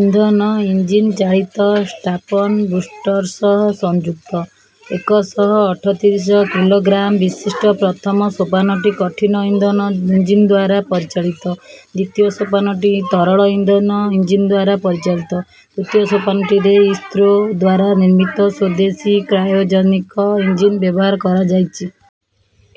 ଇନ୍ଧନ ଇଞ୍ଜିନ୍ ଚାଳିତ strap on booster ସହ ସଂଯୁକ୍ତ। ଏକ ଶହ ଅଠତିରିଶ କିଲୋଗ୍ରାମ୍ ବିଶିଷ୍ଟ ପ୍ରଥମ ସୋପାନଟି କଠିନ ଇନ୍ଧନ ଇଞ୍ଜିନଦ୍ୱାରା ପରିଚାଳିତ। ଦ୍ଵିତୀୟ ସୋପାନଟି ତରଳ ଇନ୍ଧନ ଇଞ୍ଜିନଦ୍ୱାରା ପରିଚାଳିତ। ତୃତୀୟ ସୋପାନଟିରେ ଇସ୍ରୋ ଦ୍ୱାରା ନିର୍ମିତ ସ୍ୱଦେଶୀ କ୍ରାୟୋଜେନିକ ଇଞ୍ଜିନ୍ ବ୍ୟବହାର କରଯାଇଛି।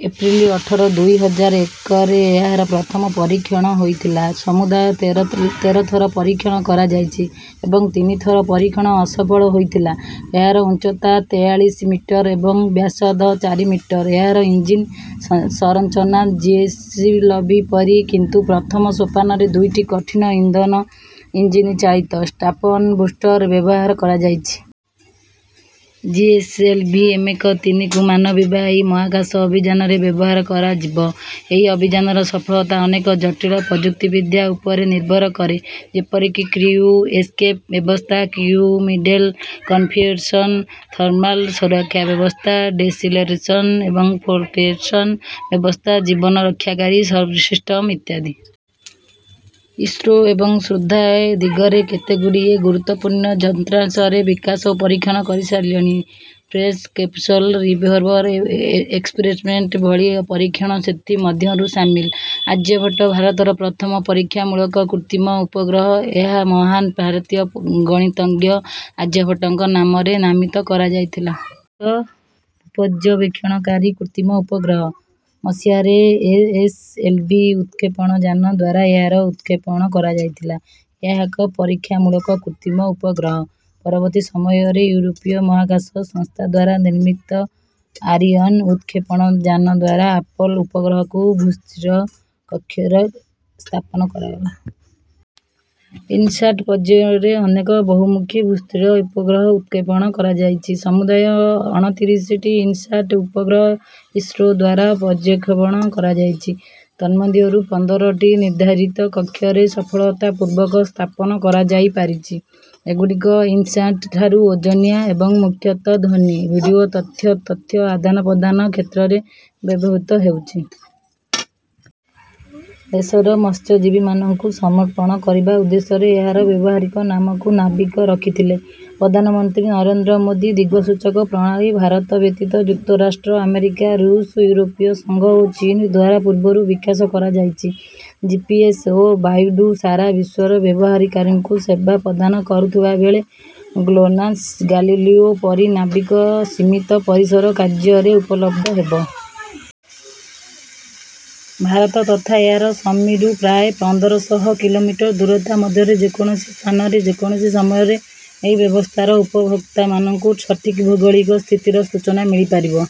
ଏପ୍ରିଲ୍ ଅଠର ଦୁଇ ହଜାର ଏକରେ ଏହାର ପ୍ରଥମ ପରୀକ୍ଷଣ ହୋଇଥିଲା। ସମୁଦାୟ ତେର ଥି ତେର ଥର ପରୀକ୍ଷଣ କରାଯାଇଛି ଏବଂ ତିନି ଥର ପରିକ୍ଷଣ ଅସଫଳ ହୋଇଥିଲା। ଏହାର ଉଚ୍ଚତା ତେୟାଳିଶ ମିଟର ଏବଂ ବ୍ୟାସର୍ଦ୍ଧ ଚାରି ମିଟର। ଏହାର ଇଞ୍ଜିନ୍ ସଂରଚନା ଜିଏସଏଲଭି ପରି କିନ୍ତୁ ପ୍ରଥମ ସୋପନରେ ଦୁଇଟି କଠିନ ଇନ୍ଧନ ଇଞ୍ଜିନ୍ ଚାଳିତ ଷ୍ଟ୍ରାପ୍ଅନ ବୁଷ୍ଟର୍ ବ୍ୟବହାର କରାଯାଇଛି। ଜିଏସଏଲଭି ଏମକେ ତିନି କୁ ମାନବବାହୀ ମହାକାଶ ଅଭିଯାନରେ ବ୍ୟବହାର କରଯିବ। ଏହି ଅଭିଯାନର ସଫଳତା ଅନେକ ଜଟିଳ ପ୍ରଯୁକ୍ତିବିଦ୍ୟା ଉପରେ ନିର୍ଭର କରେ। ଯେପରିକି କ୍ରିଉ ଏସକେପ୍ ବ୍ୟବସ୍ଥା, କ୍ରିଉ ମଡ୍ୟୁଲ କନଫିଗୁରେସନ୍, ଥର୍ମାଲ ସୁରକ୍ଷା ବ୍ୟବସ୍ଥା, ଡ଼େସିଲେରେସନ୍ ଏବଂ ଫ୍ଲୋଟେସନ୍ ବ୍ୟବସ୍ଥା ଜୀବନ ରକ୍ଷାକାରୀ ସବ୍‌ସିଷ୍ଟମ୍ ଇତ୍ୟାଦି। ଇସ୍ରୋ ଏବେ ସୁଦ୍ଧା ଏ ଦିଗରେ କେତେଗୁଡ଼ିଏ ଗୁରୁତ୍ୱପୂର୍ଣ୍ଣ ଯନ୍ତ୍ରାଂଶର ବିକାଶ ଓ ପରୀକ୍ଷଣ କରିସାରିଲଣି। ସ୍ପେସ୍ କ୍ୟାପସୁଲ୍ ରିକଭରୀ ଏକ୍ସପେରିମେଣ୍ଟ ଭଳି ପରୀକ୍ଷଣ ସେଥି ମଧ୍ୟରେ ସାମିଲ। ଆର୍ଯ୍ୟଭଟ୍ଟ ଭାରତର ପ୍ରଥମ ପରୀକ୍ଷାମୂଳକ କୃତ୍ରିମ ଉପଗ୍ରହ। ଏହା ମହାନ ଭାରତୀୟ ଗଣିତଜ୍ଞ ଆର୍ଯ୍ୟଭଟ୍ଟଙ୍କ ନାମରେ ନାମିତ କରାଯାଇଥିଲା। ଏହା ଏକ୍ ଭୂପର୍ଯ୍ୟବେକ୍ଷଣକାରୀ କୃତ୍ରିମ ଉପଗ୍ରହ। ମସିହାରେ ଏଏସଏଲଭି ଉତକ୍ଷେପଣଯାନ ଦ୍ୱାରା ଏହାର ଉତକ୍ଷେପଣ କରାଯାଇଥିଲା। ଏହା ଏକ ପରୀକ୍ଷାମୂଳକ କୃତ୍ରିମ ଉପଗ୍ରହ। ପରବର୍ତ୍ତୀ ସମୟରେ ୟୁରୋପୀୟ ମହାକାଶ ସଂସ୍ଥା ଦ୍ୱାରା ନିର୍ମିତ ଆରିଅନ୍ ଉତକ୍ଷେପଣ ଯାନ ଦ୍ୱାରା ଆପଲ୍ ଉପଗ୍ରହକୁ ଭୂସ୍ଥିର କକ୍ଷରେ ସ୍ଥାପନା କରଗଲା। ଇନସାଟ୍ ପର୍ଯ୍ୟାୟରେ ଅନେକ ବହୁମୂଖୀ ଭୂସ୍ଥିର ଉପଗ୍ରହ ଉତକ୍ଷେପଣ କରାଯାଇଛି। ସମୂଦାୟ ଅଣତିରିଶଟି ଇନସାଟ୍ ଉପଗ୍ରହ ଇସ୍ରୋ ଦ୍ୱାରା ପ୍ରକ୍ଷେପଣ କରାଯାଇଛି ତନ୍ମଧ୍ୟରୁ ପନ୍ଦରଟି ନିର୍ଦ୍ଧାରିତ କକ୍ଷରେ ସଫଳତା ପୂର୍ବକ ସ୍ଥାପନ କରାଯାଇପାରିଛି। ଏଗୁଡିକ ଇନସାଟ୍ ଠାରୁ ଓଜନିଆ ଏବଂ ମୂଖ୍ୟତଃ ଧ୍ୱନି ଭିଡିଓ ତଥା ତଥ୍ୟ ଆଦାନପ୍ରଦାନ କ୍ଷେତ୍ରରେ ବ୍ୟବହୃତ ହେଉଛି। ଦେଶର ମତ୍ସ୍ୟଜୀବିମାନଙ୍କୁ ସମର୍ପଣ କରିବା ଉଦ୍ଦେଶ୍ୟରେ ଏହାର ବ୍ୟବହାରିକ ନାମକୁ ନାବିକ ରଖିଥିଲେ ପ୍ରଧାନମନ୍ତ୍ରୀ ନରେନ୍ଦ୍ର ମୋଦୀ। ଦିଗସୂଚକ ପ୍ରଣାଳୀ ଭାରତ ବ୍ୟତୀତ ଯୁକ୍ତରାଷ୍ଟ୍ର ଆମେରିକା ଋଷ୍ ଇଉରୋପୀୟ ସଂଘ ଓ ଚୀନ୍ ଦ୍ୱାରା ପୁର୍ବରୁ ବିକାଶ କରାଯାଇଛି। ଜିପିଏସ୍ ଓ ବାଇଡୁ ସାରା ବିଶ୍ୱରେ ବ୍ୟବହାରକାରୀଙ୍କୁ ସେବା ପ୍ରଦାନ କରୁଥିବାବେଳେ ଗ୍ଲୋନାସ୍ ଗାଲିଲିଓ ପରି ନାବିକ ର ସୀମିତ ପରିସର କାର୍ଯ୍ୟ ରେ ଉପଲବ୍ଧ ହେବ। ଭାରତ ତଥା ଏହାର ସୀମାରୁ ପ୍ରାୟ ପନ୍ଦର ଶହ କିଲୋମିଟର ଦୂରତା ମଧ୍ୟରେ ଯେକୌଣସି ସ୍ଥାନରେ, ଯେକୌଣସି ସମୟରେ ଏହି ବ୍ୟବସ୍ଥାର ଉପଭୋକ୍ତାମାନଙ୍କୁ ସଠିକ୍ ଭୌଗୋଳିକ ସ୍ଥିତିର ସୂଚନା ମିଳିପାରିବ।